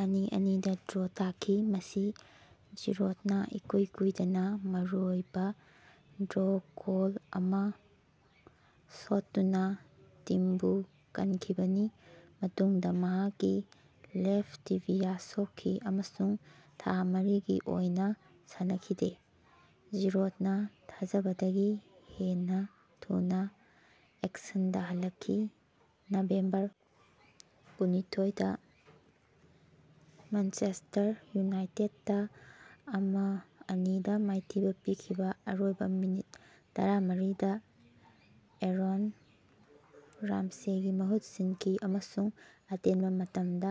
ꯑꯅꯤ - ꯑꯅꯤꯗ ꯗ꯭ꯔꯣ ꯇꯥꯈꯤ ꯃꯁꯤ ꯖꯤꯔꯣꯗꯅ ꯏꯀꯨꯏ ꯀꯨꯏꯗꯅꯥ ꯃꯔꯨꯑꯣꯏꯕꯥ ꯗ꯭ꯔꯣ ꯒꯣꯜ ꯑꯃꯥ ꯁꯣꯠꯇꯨꯅꯥ ꯇꯤꯝꯕꯨ ꯀꯟꯈꯤꯕꯅꯤ ꯃꯇꯨꯡꯗ ꯃꯍꯥꯛꯀꯤ ꯂꯦꯐꯠ ꯇꯤꯕꯤꯌꯥ ꯁꯣꯛꯈꯤ ꯑꯃꯁꯨꯡ ꯊꯥ ꯃꯔꯤꯒꯤ ꯑꯣꯏꯅꯥ ꯁꯥꯟꯅꯈꯤꯗꯦ꯫ ꯖꯤꯔꯣꯗꯅꯥ ꯊꯥꯖꯕꯗꯒꯤ ꯍꯦꯟꯅꯥ ꯊꯨꯅꯥ ꯑꯦꯛꯁꯟꯗꯥ ꯍꯜꯂꯛꯈꯤ, ꯅꯕꯦꯝꯕꯔ ꯀꯨꯟꯅꯤꯊꯣꯏꯗ ꯃ꯭ꯌꯥꯟꯆꯦꯁꯇꯔ ꯌꯨꯅꯥꯏꯇꯦꯗꯇ ꯑꯃ -ꯑꯅꯤꯗ ꯃꯥꯏꯊꯤꯕꯥ ꯄꯤꯈꯤꯕꯥ ꯑꯔꯣꯏꯕꯥ ꯃꯤꯅꯤꯠ ꯇꯔꯥꯃꯥꯔꯤꯗ ꯑꯦꯔꯣꯟ ꯔꯥꯃꯁꯦꯒꯤ ꯃꯍꯨꯠ ꯁꯤꯟꯈꯤ ꯑꯃꯁꯨꯡ ꯑꯇꯦꯟꯕ ꯃꯇꯝꯗ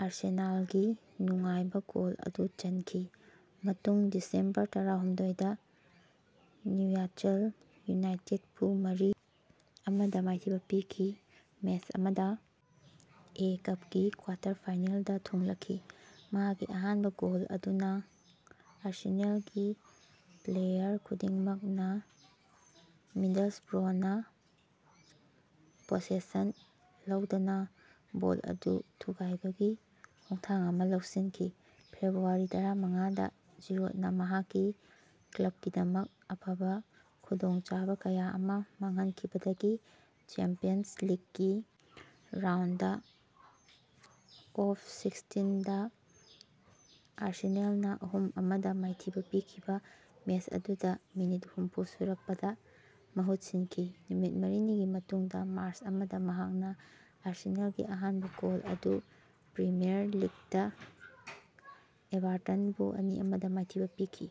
ꯑꯥꯔꯁꯦꯅꯥꯜꯒꯤ ꯅꯨꯡꯉꯥꯏꯕꯥ ꯒꯣꯜ ꯑꯗꯨ ꯆꯟꯈꯤ꯫ ꯃꯇꯨꯡꯗ ꯗꯤꯁꯦꯝꯕꯔ ꯇꯔꯥꯍꯨꯝꯗꯣꯏꯗ ꯅ꯭ꯌꯨꯛꯌꯥꯁꯜ ꯌꯨꯅꯥꯏꯇꯦꯗꯄꯨ ꯃꯔꯤ ꯑꯃꯥꯗ ꯃꯥꯏꯊꯤꯕ ꯄꯤꯈꯤꯕ ꯃꯦꯆ ꯑꯃꯗ ꯑꯦ. ꯀꯞꯀꯤ ꯀ꯭ꯋꯥꯇꯔ ꯐꯤꯅꯦꯜꯗ ꯊꯨꯡꯂꯈꯤ꯫ ꯃꯍꯥꯛꯀꯤ ꯑꯍꯥꯟꯕꯥ ꯒꯣꯜ ꯑꯗꯨꯅ ꯑꯥꯔꯁꯦꯅꯦꯜꯒꯤ ꯄ꯭ꯂꯦꯌꯥꯔ ꯈꯨꯗꯤꯡꯃꯛꯅꯥ ꯃꯤꯗꯂꯁꯕ꯭ꯔꯣꯅ ꯄꯣꯁꯦꯁꯟ ꯂꯧꯗꯅꯥ ꯕꯣꯜ ꯑꯗꯨ ꯊꯨꯒꯥꯏꯕꯒꯤ ꯈꯣꯡꯊꯥꯡ ꯑꯃꯥ ꯂꯧꯁꯤꯟꯈꯤ꯫ ꯐꯦꯕ꯭ꯔꯨꯋꯥꯔꯤ ꯇꯔꯥꯃꯉꯥꯗ ꯖꯤꯔꯣꯗꯅꯥ ꯃꯍꯥꯛꯀꯤ ꯀ꯭ꯂꯕꯀꯤꯗꯃꯛ ꯑꯐꯕꯥ ꯈꯨꯗꯣꯡꯆꯥꯕꯥ ꯀꯌꯥ ꯑꯃꯥ ꯃꯥꯡꯍꯟꯈꯤꯕꯗꯒꯤ ꯆꯦꯝꯄꯤꯌꯟꯁ ꯂꯤꯛꯀꯤ ꯔꯥꯎꯟꯗ ꯑꯣꯐ ꯁꯤꯛꯁꯇꯤꯟꯗ ꯑꯥꯔꯁꯦꯅꯦꯜꯅ ꯑꯍꯨꯝ -ꯑꯃꯗ ꯃꯥꯏꯊꯤꯕꯥ ꯄꯤꯈꯤꯕꯥ ꯃꯦꯆ ꯑꯗꯨꯗꯥ ꯃꯤꯅꯤꯠ ꯍꯨꯝꯐꯨ ꯁꯨꯔꯛꯄꯗ ꯃꯍꯨꯠ ꯁꯤꯟꯈꯤ ꯫ ꯅꯨꯃꯤꯠ ꯃꯔꯤꯅꯤꯒꯤ ꯃꯇꯨꯡꯗ ꯃꯥꯔꯆ ꯑꯃꯗ ꯃꯍꯥꯛꯅ ꯑꯥꯔꯁꯦꯅꯦꯜꯒꯤ ꯑꯍꯥꯟꯕꯥ ꯒꯣꯜ ꯑꯗꯨ ꯄ꯭ꯔꯤꯃꯤꯌꯥꯔ ꯂꯤꯛꯇ ꯑꯦꯚꯥꯔꯇꯟꯕꯨ ꯑꯅꯤ- ꯑꯃꯗ ꯃꯥꯏꯊꯤꯕꯥ ꯄꯤꯈꯤ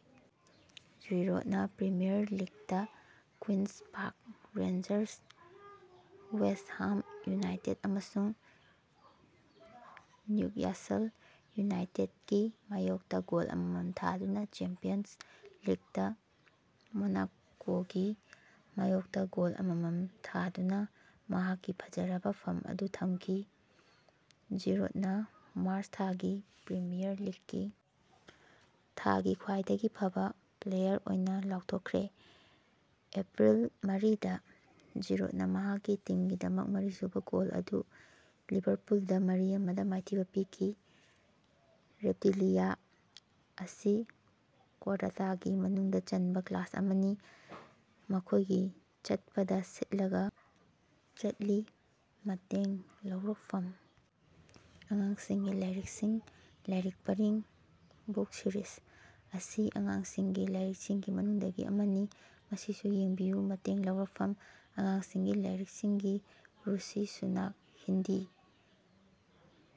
꯫ ꯖꯤꯔꯣꯗꯅ ꯄ꯭ꯔꯤꯃꯤꯌꯥꯔ ꯂꯤꯛꯇ Queens Park Rangers, West Ham United ꯑꯃꯁꯨꯡ ꯅ꯭ꯌꯨꯛꯌꯥꯁꯜ ꯌꯨꯅꯥꯏꯇꯦꯗꯀꯤ ꯃꯥꯌꯣꯛꯇꯥ ꯒꯣꯜ ꯑꯃꯃꯝ ꯊꯥꯗꯨꯅ ꯆꯦꯝꯄꯤꯌꯟꯁ ꯂꯤꯛꯇ ꯃꯣꯅꯥꯀꯣꯒꯤ ꯃꯥꯌꯣꯛꯇ ꯒꯣꯜ ꯑꯃꯃꯝ ꯊꯥꯗꯨꯅꯥ ꯃꯍꯥꯛꯀꯤ ꯐꯖꯔꯕꯥ ꯐꯝ ꯑꯗꯨ ꯊꯝꯈꯤ꯫ꯖꯤꯔꯣꯗꯅ ꯃꯥꯔꯆ ꯊꯥꯒꯤ ꯄ꯭ꯔꯤꯃꯤꯌꯥꯔ ꯂꯤꯛꯀꯤ ꯊꯥꯒꯤ ꯈ꯭ꯋꯥꯏꯗꯒꯤ ꯐꯕꯥ ꯄ꯭ꯂꯦꯌꯥꯔ ꯑꯣꯏꯅ ꯂꯥꯎꯊꯣꯛꯈ꯭ꯔꯦ꯫ ꯑꯦꯄ꯭ꯔꯤꯜ ꯃꯔꯤꯗ ꯖꯤꯔꯣꯗꯅꯥ ꯃꯍꯥꯛꯀꯤ ꯇꯤꯝꯒꯤꯗꯃꯛ ꯃꯔꯤꯁꯨꯕꯥ ꯒꯣꯜ ꯑꯗꯨ ꯂꯤꯚꯥꯔꯄꯨꯜꯗꯥ ꯃꯔꯤ ꯑꯃꯗ ꯃꯥꯏꯊꯤꯕꯥ ꯄꯤꯈꯤ ꯫ ꯔꯦꯞꯇꯤꯂꯤꯌꯥ ꯑꯁꯤ ꯀꯣꯔꯗꯥꯇꯥꯒꯤ ꯃꯅꯨꯡ ꯆꯟꯕ ꯀ꯭ꯂꯥꯁ ꯑꯃꯅꯤ꯫ ꯃꯈꯣꯢꯁꯤ ꯆꯠꯄꯗ ꯁꯤꯠꯂꯒ ꯆꯠꯂꯤ꯫ ꯃꯇꯦꯡ ꯂꯧꯔꯛꯐꯝ :ꯑꯉꯥꯡꯁꯤꯡꯒꯤ ꯂꯥꯢꯔꯤꯛꯁꯤꯡ ꯂꯥꯢꯔꯤꯛ ꯄꯔꯤꯡ (ꯕꯨꯛ ꯁꯤꯔꯤꯁ) ꯑꯁꯤ ꯑꯉꯥꯡꯁꯤꯡꯒꯤ ꯂꯥꯢꯔꯤꯛꯁꯤꯡꯒꯤ ꯃꯅꯨꯡꯗꯒꯤ ꯑꯃꯅꯤ꯫ ꯃꯁꯤꯁꯨ ꯌꯦꯡꯕꯤꯌꯨ ꯃꯇꯦꯡ ꯂꯧꯔꯛꯐꯝ :ꯑꯉꯥꯡꯁꯤꯡꯒꯤ ꯂꯥꯢꯔꯤꯛꯁꯤꯡ ꯔꯨꯁꯤ ꯁꯨꯅꯥꯛ ꯍꯤꯟꯗꯤ: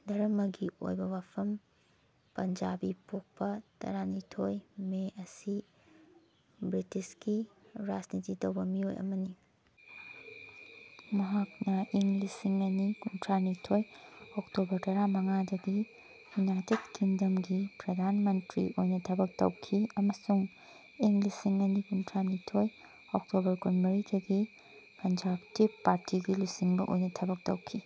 ꯙꯔꯝꯃꯒꯤ ꯑꯣꯏꯕꯥ ꯋꯥꯐꯝ: ꯄꯟꯖꯥꯕꯤ ꯄꯣꯛꯄꯥ ꯇꯔꯥꯅꯤꯊꯣꯏ ꯃꯦ ꯑꯁꯤ ꯕ꯭ꯔꯤꯇꯤꯁꯀꯤ ꯔꯥꯖꯅꯤꯇꯤ ꯇꯧꯕꯥ ꯃꯤꯑꯣꯏ ꯑꯃꯅꯤ, ꯃꯍꯥꯛꯅꯥ ꯏꯪ ꯂꯤꯁꯤꯡ ꯑꯅꯤ ꯀꯨꯟꯊ꯭ꯔꯥꯅꯤꯊꯣꯏꯒꯤ ꯑꯣꯛꯇꯣꯕꯔ ꯇꯔꯥꯃꯉꯥ ꯗꯒꯤ ꯌꯨꯅꯥꯏꯇꯦꯗ ꯀꯤꯡꯗꯝꯒꯤ ꯄ꯭ꯔꯙꯥꯟ ꯃꯟꯠꯔꯤ ꯑꯣꯏꯅꯥ ꯊꯕꯛ ꯇꯧꯈꯤ ꯑꯃꯁꯨꯡ ꯏꯪ ꯂꯤꯁꯤꯡ ꯑꯅꯤ ꯀꯨꯟꯊ꯭ꯔꯥꯅꯤꯊꯣꯏꯒꯤ ꯑꯣꯛꯇꯣꯕꯔ ꯀꯨꯟꯃꯔꯤ ꯗꯒꯤ ꯀꯅꯖꯥꯔꯕꯇꯤꯕ ꯄꯥꯔꯇꯤꯒꯤ ꯂꯨꯆꯤꯡꯕꯥ ꯑꯣꯏꯅꯥ ꯊꯕꯛ ꯇꯧꯈꯤ꯫